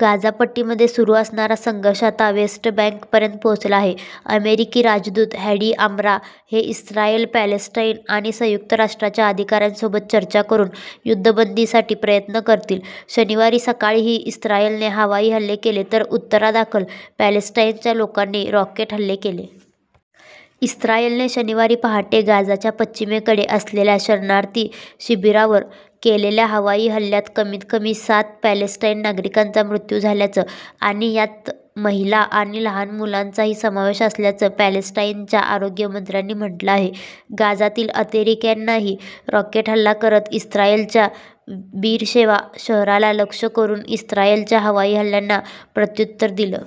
गाझापट्टीमध्ये सुरू असणारा संघर्ष आता वेस्ट बँकपर्यंत पोहोचला आहे. अमेरिकी राजदूत हॅडी आम्रा हे इस्रायल, पॅलेस्टाईन आणि संयुक्त राष्ट्रांच्या अधिकाऱ्यांसोबत चर्चा करून युद्धबंदीसाठी प्रयत्न करतील. शनिवारी सकाळीही इस्रायलने हवाई हल्ले केले तर उत्तरादाखल पॅलेस्टाईनच्या लोकांनी रॉकेट हल्ले केले. इस्रायलने शनिवारी पहाटे गाझाच्या पश्चिमेकडे असलेल्या शरणार्थी शिबिरावर केलेल्या हवाई हल्ल्यात कमीत कमी सात पॅलेस्टाईन नागरिकांचा मृत्यू झाल्याचं आणि यात महिला आणि लहान मुलांचाही समावेश असल्याचं पॅलेस्टाईनच्या आरोग्य मंत्र्यांनी म्हटलं आहे. गाझातील अतिरेक्यांनीही रॉकेट हल्ला करत इस्रायलच्या बीरशेबा शहराला लक्ष्य करून इस्रायलच्या हवाई हल्ल्यांना प्रत्युत्तर दिलं.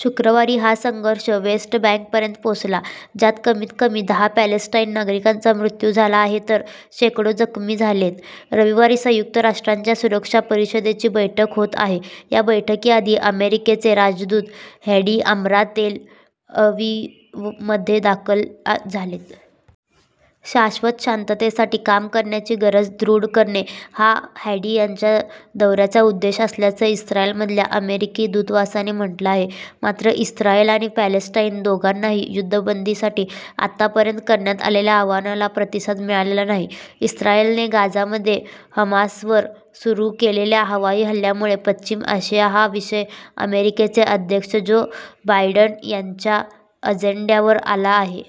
शुक्रवारी हा संघर्ष वेस्ट बँकपर्यंत पोहोचला. ज्यात कमीत कमी दहा पॅलेस्टाईन नागरिकांचा मृत्यू झाला आहे तर शेकडो जखमी झालेत. रविवारी संयुक्त राष्ट्रांच्या सुरक्षा परिषदेची बैठक होत आहे. या बैठकीआधी अमेरिकेचे राजदूत हॅडी आम्रा तेल अविवमध्ये दाखल झालेत. शाश्वत शांततेसाठी काम करण्याची गरज दृढ करणे हा हॅडी यांच्या दौऱ्याचा उद्देश असल्याचं इस्रायलमधल्या अमेरिकी दूतावासाने म्हटलं आहे. मात्र, इस्रायल आणि पॅलेस्टाईन दोघांनाही युद्धबंदीसाठी आतापर्यंत करण्यात आलेल्या आवाहनाला प्रतिसाद मिळालेला नाही. इस्रायलने गाझामध्ये हमासवर सुरू केलेल्या हवाई हल्ल्यामुळे पश्चिम आशिया हा विषय अमेरिकेचे अध्यक्ष जो बायडन यांच्या अजेंड्यावर आला आहे.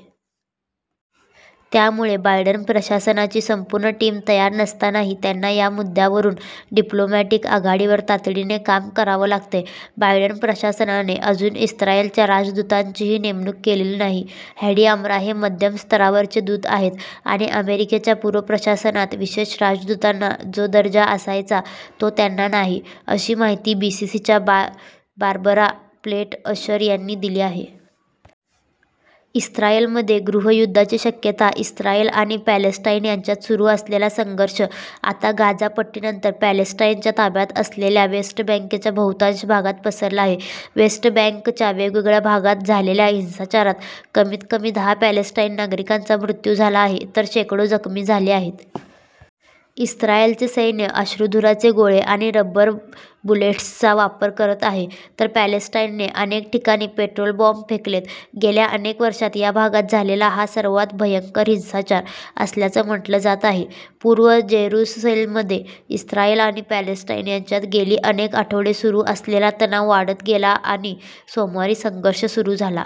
त्यामुळे बायडन प्रशासनाची संपूर्ण टीम तयार नसतानाही त्यांना या मुद्द्यावरून डिप्लोमॅटिक आघाडीवर तातडीने काम करावं लागतंय. बायडन प्रशासनाने अजून इस्रायलच्या राजदूतांचीही नेमणूक केलेली नाही. हॅडी आम्रा हे मध्यम-स्तरावरचे दूत आहेत आणि अमेरिकेच्या पूर्व प्रशासनात विशेष राजदूतांना जो दर्जा असायचा तो त्यांना नाही, अशी माहिती बीबीसीच्या बारबरा प्लेट अशर यांनी दिली आहे. इस्रायलमध्ये गृहयुद्धाची शक्यता इस्लायल आणि पॅलेस्टाईन यांच्यात सुरू असलेला संघर्ष आता गाझापट्टीनंतर पॅलेस्टाईनच्या ताब्यात असलेल्या वेस्ट बँकेच्या बहुतांश भागात पसरला आहे. वेस्ट बँकच्या वेगवेगळ्या भागात झालेल्या हिंसाचारात कमीत कमी दहा पॅलेस्टाईन नागरिकांचा मृत्यू झाला आहे तर शेकडो जखमी झाले आहेत. इस्रायलचं सैन्य अश्रूधुराचे गोळे आणि रबर बुलेट्सचा वापर करत आहे. तर पॅलेस्टाईनने अनेक ठिकाणी पेट्रोल बॉम्ब फेकलेत. गेल्या अनेक वर्षांत या भागात झालेला हा 'सर्वात भयंकर हिंसाचार' असल्याचं म्हटलं जात आहे. पूर्व जेरुसलेममध्ये इस्रायल आणि पॅलेस्टाईन यांच्यात गेली अनेक आठवडे सुरू असलेला तणाव वाढत गेला आणि सोमवारी संघर्ष सुरू झाला.